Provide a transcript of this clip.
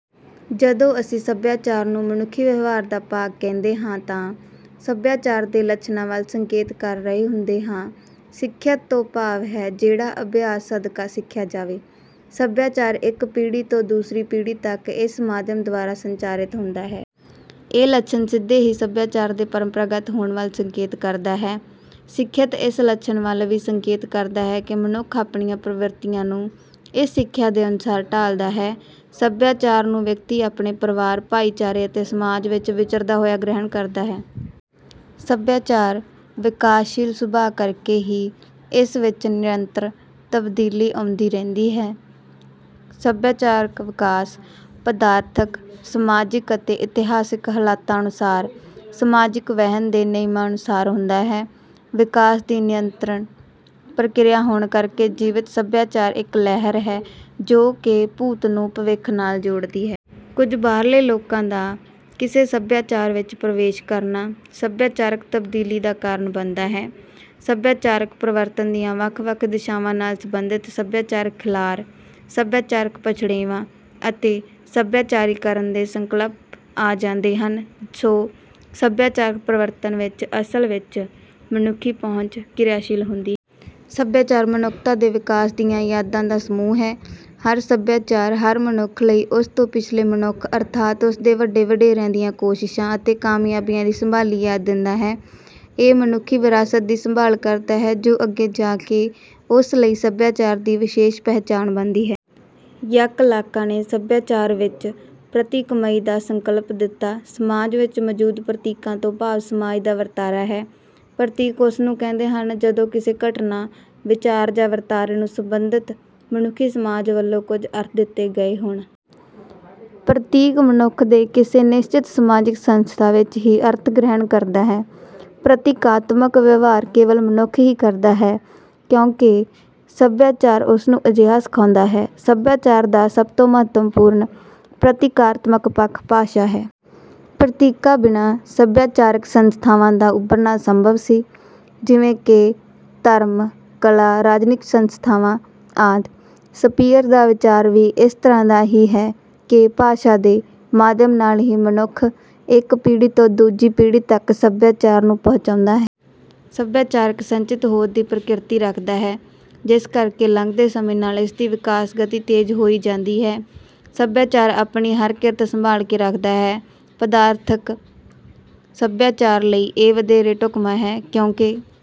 ਜਦੋਂ ਅਸੀਂ ਸਭਿਆਚਾਰ ਨੂੰ ਮਨੁੱਖੀ ਵਿਵਹਾਰ ਦਾ ਭਾਗ ਕਹਿੰਦੇ ਹਾਂ ਤਾਂ ਸਭਿਆਚਾਰ ਦੇ ਲੱਛਣਾਂ ਵੱਲ ਸੰਕੇਤ ਕਰ ਰਹੇ ਹੁੰਦੇ ਹਾਂ। ਸਿੱਖਿਅਤ ਤੋਂ ਭਾਵ ਹੈ, ਜਿਹੜਾ ਅਭਿਆਸ ਸਦਕਾ ਸਿੱਖਿਆ ਜਾਵੇ। ਸਭਿਆਚਾਰ ਇੱਕ ਪੀੜ੍ਹੀ ਤੋਂ ਦੂਸਰੀ ਪੀੜ੍ਹੀ ਤੱਕ ਇਸ ਮਾਧਿਅਮ ਦੁਆਰਾ ਸੰਚਾਰਿਤ ਹੁੰਦਾ ਹੈ। ਇਹ ਲੱਛਣ ਸਿੱਧੇ ਹੀ ਸਭਿਆਚਾਰ ਦੇ ਪਰੰਪਰਾਗਤ ਹੋਣ ਵੱਲ ਸੰਕੇਤ ਕਰਦਾ ਹੈ। ਸਿੱਖਿਅਤ ਇਸ ਲੱਛਣ ਵੱਲ ਵੀ ਸੰਕੇਤ ਕਰਦਾ ਹੈ ਕਿ ਮਨੁੱਖ ਆਪਣੀਆਂ ਪ੍ਰਵਿਰਤੀਆਂ ਨੂੰ ਇਸ ਸਿੱਖਿਆ ਦੇ ਅਨੁਸਾਰ ਢਾਲਦਾ ਹੈ। ਸਭਿਆਚਾਰ ਨੂੰ ਵਿਅਕਤੀ ਆਪਣੇ ਪਰਿਵਾਰ, ਭਾਈਚਾਰੇ ਅਤੇ ਸਮਾਜ ਵਿੱਚ ਵਿਚਰਦਾ ਹੋਇਆ ਗ੍ਰਹਿਣ ਕਰਦਾ ਹੈ। ਸਭਿਆਚਾਰ ਵਿਕਾਸਸ਼ੀਲ ਸੁਭਾਅ ਕਰਕੇ ਹੀ ਇਸ ਵਿੱਚ ਨਿਰੰਤਰ ਤਬਦੀਲੀ ਆਉਂਦੀ ਰਹਿੰਦੀ ਹੈ। ਸਭਿਆਚਾਰਕ ਵਿਕਾਸ ਪਦਾਰਥਕ, ਸਮਾਜਿਕ ਅਤੇ ਇਤਿਹਾਸਕ ਹਾਲਤਾਂ ਅਨੁਸਾਰ, ਸਮਾਜਿਕ ਵਹਿਣ ਦੇ ਨਿਯਮਾਂ ਅਨੁਸਾਰ ਹੁੰਦਾ ਹੈ। ਵਿਕਾਸ ਦੀ ਨਿਰੰਤਰ ਪ੍ਰਕਿਰਿਆ ਹੋਣ ਕਰਕੇ ਜੀਵਿਤ ਸਭਿਆਚਾਰ ਇੱਕ ਲਹਿਰ ਹੈ, ਜੋ ਕਿ ਭੂਤ ਨੂੰ ਭਵਿੱਖ ਨਾਲ ਜੋੜਦੀ ਹੈ। ਕੁਝ ਬਾਹਰਲੇ ਲੋਕਾਂ ਦਾ ਕਿਸੇ ਸਭਿਆਚਾਰ ਵਿੱਚ ਪ੍ਰਵੇਸ਼ ਕਰਨਾ ਸਭਿਆਚਾਰਕ ਤਬਦੀਲੀ ਦਾ ਕਾਰਨ ਬਣਦਾ ਹੈ। ਸਭਿਆਚਾਰਕ ਪਰਿਵਰਤਨ ਦੀਆਂ ਵੱਖ-ਵੱਖ ਦਿਸ਼ਾਵਾਂ ਨਾਲ ਸੰਬੰਧਿਤ ਸਭਿਆਚਾਰਕ-ਖਿਲਾਰ, ਸਭਿਆਚਾਰਕ-ਪਛੜੇਵਾਂ ਅਤੇ ਸਭਿਆਚਾਰੀਕਰਣ ਦੇ ਸੰਕਲਪ ਆ ਜਾਂਦੇ ਹਨ। ਸੋ, ਸਭਿਆਚਾਰਕ ਪਰਿਵਰਤਨ ਵਿੱਚ ਅਸਲ ਵਿੱਚ ਮਨੁੱਖੀ ਪਹੁੰਚ ਕਿਰਿਆਸ਼ੀਲ ਹੁੰਦੀ ਹੈ। ਸਭਿਆਚਾਰ ਮਨੁੱਖਤਾ ਦੇ ਵਿਕਾਸ ਦੀਆਂ ਯਾਦਾਂ ਦਾ ਸਮੂਹ ਹੈ। ਹਰ ਸਭਿਆਚਾਰ ਹਰ ਮਨੁੱਖ ਲਈ ਉਸ ਤੋਂ ਪਿਛਲੇ ਮਨੁੱਖ, ਅਰਥਾਤ ਉਸਦੇ ਵੱਡੇ-ਵਡੇਰਿਆਂ ਦੀਆਂ ਕੋਸ਼ਿਸ਼ਾਂ ਅਤੇ ਕਾਮਯਾਬੀਆਂ ਦੀ ਸੰਭਾਲੀ ਯਾਦ ਦਿੰਦਾ ਹੈ। ਇਹ ਮਨੁੱਖੀ ਵਿਰਾਸਤ ਦੀ ਸੰਭਾਲ ਕਰਦਾ ਹੈ, ਜੋ ਅੱਗੇ ਜਾ ਕੇ ਉਸ ਲਈ ਸਭਿਆਚਾਰ ਦੀ ਵਿਸ਼ੇਸ਼ ਪਹਿਚਾਣ ਬਣਦੀ ਹੈ। ‘ਯੱਕ ਲਾਂਕਾਂ’ ਨੇ ਸਭਿਆਚਾਰ ਵਿੱਚ ਪ੍ਰਤੀਕਮਈ ਦਾ ਸੰਕਲਪ ਦਿੱਤਾ। ਸਮਾਜ ਵਿੱਚ ਮੌਜੂਦ ਪ੍ਰਤੀਕਾਂ ਤੋਂ ਭਾਵ ਸਮਾਜ ਦਾ ਵਰਤਾਰਾ ਹੈ। ਪ੍ਰਤੀਕ ਉਸਨੂੰ ਕਹਿੰਦੇ ਹਨ, ਜਦੋਂ ਕਿਸੇ ਘਟਨਾ, ਵਿਚਾਰ ਜਾਂ ਵਰਤਾਰੇ ਨੂੰ ਸੰਬੰਧਿਤ ਮਨੁੱਖੀ ਸਮਾਜ ਵੱਲੋਂ ਕੁਝ ਅਰਥ ਦਿੱਤੇ ਗਏ ਹੋਣ। ਪ੍ਰਤੀਕ ਮਨੁੱਖ ਦੇ ਕਿਸੇ ਨਿਸ਼ਚਿਤ ਸਮਾਜਿਕ ਸੰਸਥਾ ਵਿੱਚ ਹੀ ਅਰਥ ਗ੍ਰਹਿਣ ਕਰਦਾ ਹੈ। ਪ੍ਰਤੀਕਾਤਮਕ ਵਿਵਹਾਰ ਕੇਵਲ ਮਨੁੱਖ ਹੀ ਕਰਦਾ ਹੈ, ਕਿਉਂਕਿ ਸਭਿਆਚਾਰ ਉਸਨੂੰ ਅਜਿਹਾ ਸਿਖਾਉਂਦਾ ਹੈ। ਸਭਿਆਚਾਰ ਦਾ ਸਭ ਤੋਂ ਮਹੱਤਵਪੂਰਨ ਪ੍ਰਤੀਕਾਰਤਮਕ ਪੱਖ ਭਾਸ਼ਾ ਹੈ। ਪ੍ਰਤੀਕਾਂ ਬਿਨਾਂ ਸਭਿਆਚਾਰਕ ਸੰਸਥਾਵਾਂ ਦਾ ਉਭਰਨਾ ਅਸੰਭਵ ਸੀ, ਜਿਵੇਂ ਕਿ ਧਰਮ, ਕਲਾ, ਰਾਜਨੀਤਿਕ ਸੰਸਥਾਵਾਂ ਆਦਿ। ਸਪੀਅਰ ਦਾ ਵਿਚਾਰ ਵੀ ਇਸ ਤਰ੍ਹਾਂ ਦਾ ਹੀ ਹੈ ਕਿ ਭਾਸ਼ਾ ਦੇ ਮਾਧਿਅਮ ਨਾਲ ਹੀ ਮਨੁੱਖ ਇੱਕ ਪੀੜ੍ਹੀ ਤੋਂ ਦੂਜੀ ਪੀੜ੍ਹੀ ਤੱਕ ਸਭਿਆਚਾਰ ਨੂੰ ਪਹੁੰਚਾਉਂਦਾ ਹੈ। ਸਭਿਆਚਾਰ ਸੰਚਿਤ ਹੋਂਦ ਦੀ ਪ੍ਰਕਿਰਤੀ ਰੱਖਦਾ ਹੈ, ਜਿਸ ਕਰਕੇ ਲੰਘਦੇ ਸਮੇਂ ਨਾਲ ਇਸ ਦੀ ਵਿਕਾਸ ਗਤੀ ਤੇਜ਼ ਹੋਈ ਜਾਂਦੀ ਹੈ। ਸਭਿਆਚਾਰ ਆਪਣੀ ਹਰ ਕਿਰਤ ਸੰਭਾਲ ਕੇ ਰੱਖਦਾ ਹੈ। ਪਦਾਰਥਕ ਸਭਿਆਚਾਰ ਲਈ ਇਹ ਵਧੇਰੇ ਢੁੱਕਦਾ ਹੈ, ਕਿਉਂਕਿ...